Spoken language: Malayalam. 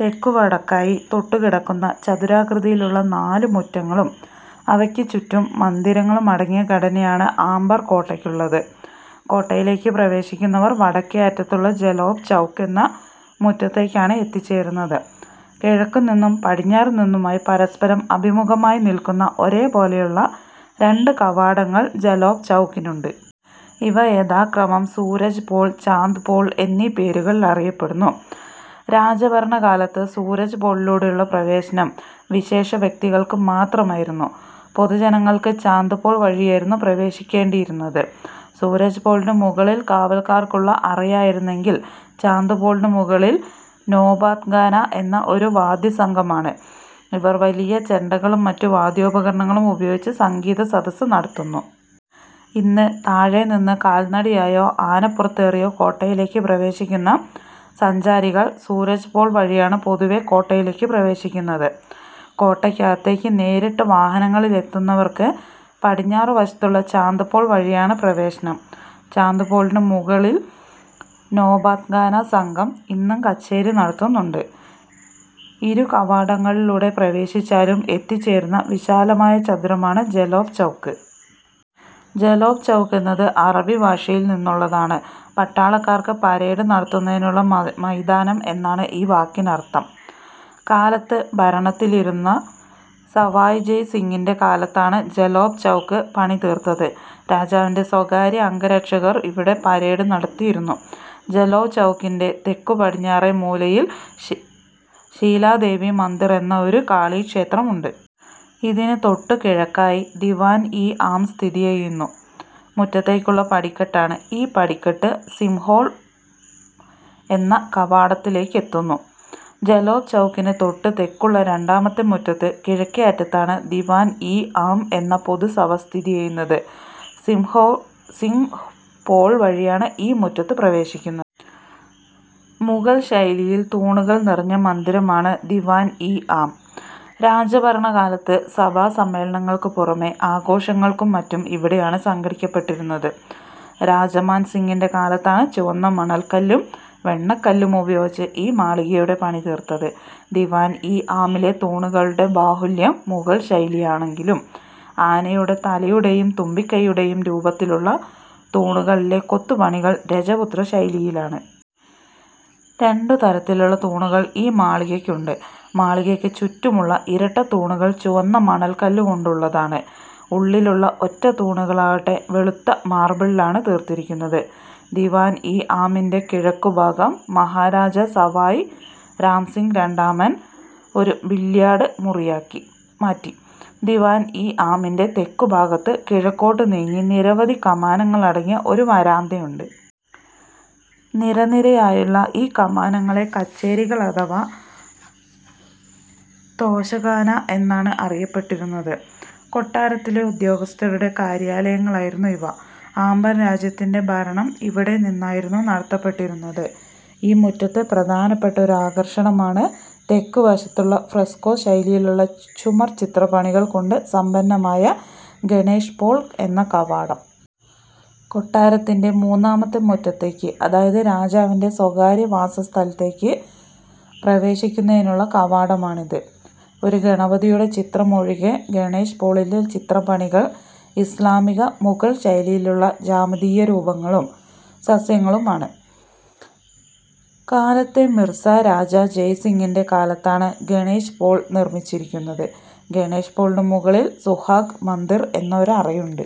തെക്കുവടക്കായി തൊട്ടുകിടക്കുന്ന ചതുരാകൃതിയിലുള്ള നാല് മുറ്റങ്ങളും അവക്കു ചുറ്റും മന്ദിരങ്ങളും അടങ്ങിയ ഘടനയാണ് ആംബർ കോട്ടക്കുള്ളത്. കോട്ടയിലേക്ക് പ്രവേശിക്കുന്നവർ വടക്കേ അറ്റത്തുള്ള ജലേബ് ചൗക്ക് എന്ന മുറ്റത്തേക്കാണ് എത്തിച്ചേരുന്നത്. കിഴക്കു നിന്നും പടിഞ്ഞാറു നിന്നുമായി പരസ്പരം അഭിമുഖമായി നിൽക്കുന്ന ഒരോപോലെയുള്ള രണ്ട് കവാടങ്ങൾ ജലേബ് ചൗക്കിനുണ്ട്. ഇവ യഥാക്രമം സൂരജ് പോൾ, ചാന്ദ് പോൾ എന്നീ പേരുകളീൽ അറിയപ്പെടുന്നു. രാജഭരണകാലത്ത് സൂരജ് പോളിലൂടെയുള്ള പ്രവേശനം വിശേഷവ്യക്തികൾക്കു മാത്രമായിരുന്നു. പൊതുജനങ്ങൾക്ക് ചാന്ദ് പോൾ വഴിയായിരുന്നു പ്രവേശിക്കേണ്ടീയിരുന്നത്. സൂരജ് പോളിനു മുകളിൽ കാവൽക്കാർക്കുള്ള അറയായിരുന്നെങ്കിൽ ചാന്ദ് പോളിനു മുകളിൽ നോബത്ഖാന എന്ന ഒരു വാദ്യസംഘമാണ്. ഇവർ വലിയ ചെണ്ടകളും മറ്റു വാദ്യോപകരണങ്ങളും ഉപയോഗിച്ച് സംഗീതസദസ്സ് നടത്തുന്നു. ഇന്ന് താഴെ നിന്ന് കാൽനടയായോ, ആനപ്പുറത്തേറിയോ കോട്ടയിലേക്ക് പ്രവേശിക്കുന്ന സഞ്ചാരികൾ സൂരജ് പോൾ വഴിയാണ് പൊതുവേ കോട്ടയിലേക്ക് പ്രവേശിക്കുന്നത്. കോട്ടക്കകത്തേക്ക് നേരിട്ട് വാഹനങ്ങളിൽ എത്തുന്നവർക്ക് പടിഞ്ഞാറുവശത്തുള്ള ചാന്ദ് പോൾ വഴിയാണ് പ്രവേശനം. ചാന്ദ് പോളിനു മുകളിൽ നോബത്ഖാന സംഘം, ഇന്നും കച്ചേരി നടത്തുന്നുണ്ട്. ഇരുകവാടങ്ങളിലൂടെ പ്രവേശിച്ചാലും എത്തിച്ചേരുന്ന വിശാലമായ ചതുരമാണ് ജലേബ് ചൗക്ക്. ജലേബ് ചൗക്ക് എന്നത് അറബിഭാഷയിൽ നിന്നുള്ളതാണ്. പട്ടാളക്കാർക്ക് പരേഡ് നടത്തുന്നതിനുള്ള മൈതാനം എന്നാണ് ഈ വാക്കിനർത്ഥം. കാലത്ത് ഭരണത്തിലിരുന്ന സവായ് ജയ് സിങ്ങിന്റെ കാലത്താണ് ജലേബ് ചൗക്ക് പണി തീർത്തത്. രാജാവിന്റെ സ്വകാര്യ അംഗരക്ഷകർ ഇവിടെ പരേഡ് നടത്തിയിരുന്നു. ജലേബ് ചൗക്കിന്റെ തെക്കുപടിഞ്ഞാറെ മൂലയിൽ ശീലാദേവി മന്ദിർ എന്ന ഒരു കാളീക്ഷേത്രമുണ്ട്. ഇതിന് തൊട്ടുകിഴക്കായി ദിവാൻ-ഇ ആം സ്ഥിതി ചെയ്യുന്ന മുറ്റത്തേക്കുള്ള പടിക്കെട്ടാണ്. ഈ പടിക്കെട്ട്, സിംഹ് പോൾ എന്ന കവാടത്തിലേക്കെത്തുന്നു. ജലേബ് ചൗക്കിന് തൊട്ട് തെക്കുള്ള രണ്ടാമത്തെ മുറ്റത്ത് കിഴക്കേ അറ്റത്താണ് ദിവാൻ ഇ ആം എന്ന പൊതുസഭ സ്ഥിതി ചെയ്യുന്നത്. സിംഹ് പോൾ വഴിയാണ് ഈ മുറ്റത്തേക്ക് പ്രവേശിക്കുന്നത്. മുഗൾ ശൈലിയിൽ തൂണുകൾ നിറഞ്ഞ മന്ദിരമാണ് ദിവാൻ ഇ ആം. രാജഭരണകാലത്ത് സഭാസമ്മേളനങ്ങൾക്കു പുറമേ ആഘോഷങ്ങളും മറ്റും ഇവിടെയാണ് സംഘടിപ്പിക്കപ്പെട്ടിരുന്നത്. രാജ മാൻ സിങ്ങിന്റെ കാലത്താണ് ചുവന്ന മണൽക്കല്ലും വെണ്ണക്കല്ലും ഉപയോഗിച്ച് ഈ മാളികയുടെ പണി തീർത്തത്. ദിവാൻ ഇ ആമിലെ തൂണുകളുടെ ബാഹുല്യം മുഗൾ ശൈലിയാണെങ്കിലും, ആനയുടെ തലയുടേയും തുമ്പിക്കൈയുംടേയും രൂപത്തിലുള്ള, തൂണുകളിലെ കൊത്തുപണികൾ രജപുത്രശൈലിയിലാണ്. രണ്ടു തരത്തിലുള്ള തൂണുകൾ ഈ മാളികക്കുണ്ട്. മാളികക്ക് ചുറ്റുമുള്ള ഇരട്ടത്തൂണുകൾ ചുവന്ന മണൽക്കല്ലുകൊണ്ടുള്ളതാണ്. ഉള്ളിലുള്ള ഒറ്റത്തൂണുകളാകട്ടെ, വെളുത്ത മാർബിളിലാണ് തീർത്തിരിക്കുന്നത്. ദിവാൻ ഇ ആമിന്റെ കിഴക്കുഭാഗം, മഹാരാജ സവായ് രാംസിങ് രണ്ടാമൻ, ഒരു ബില്യാർഡ് മുറിയാക്കി മാറ്റി. ദിവാൻ ഇ ആമിന്റെ തെക്കുഭാഗത്ത് കിഴക്കോട്ട് നീങ്ങി നിരവധി കമാനങ്ങളടങ്ങിയ ഒരു വരാന്തയുണ്ട്. നിരനിരയായുള്ള ഈ കമാനങ്ങളെ കച്ചേരികൾ അഥവാ തോശഖാന എന്നാണ് അറിയപ്പെട്ടിരുന്നത്. കൊട്ടാരത്തിലെ ഉദ്യോഗസ്ഥരുടെ കാര്യാലയങ്ങളായിരുന്നു ഇവ. ആംബർ രാജ്യത്തിന്റെ ഭരണം ഇവിടെ നിന്നായിരുന്നു നടത്തപ്പെട്ടിരുന്നത്. ഈ മുറ്റത്തെ പ്രധാനപ്പെട്ട ഒരു ആകർഷണമാണ് തെക്കുവശത്തുള്ള ഫ്രസ്കോ ശൈലിയിലുള്ള ചുമർചിത്രപ്പണികൾ കൊണ്ട് സമ്പന്നമായ ഗണേശ് പോൾ എന്ന കവാടം. കൊട്ടാരത്തിന്റെ മൂന്നാമത്തെ മുറ്റത്തേക്ക് അതായത് രാജാവിന്റെ സ്വകാര്യവാസസ്ഥലത്തേക്ക് പ്രവേശിക്കുന്നതിനുള്ള കവാടമാണിത്. ഒരു ഗണപതിയുടെ ചിത്രമൊഴികെ ഗണേശ് പോളിലെ ചിത്രപ്പണികൾ ഇസ്ലാമിക/മുഗൾ ശൈലിയിലുള്ള ജ്യാമിതീയരൂപങ്ങളും സസ്യങ്ങളുമാണ്. കാലത്തെ മിർസ രാജ ജയ് സിങ്ങിന്റെ കാലത്താണ് ഗണേശ് പോൾ നിർമ്മിച്ചിരിക്കുന്നത്. ഗണേശ് പോളിന് മുകളിൽ സുഹാഗ് മന്ദിർ എന്ന ഒരു അറയുണ്ട്.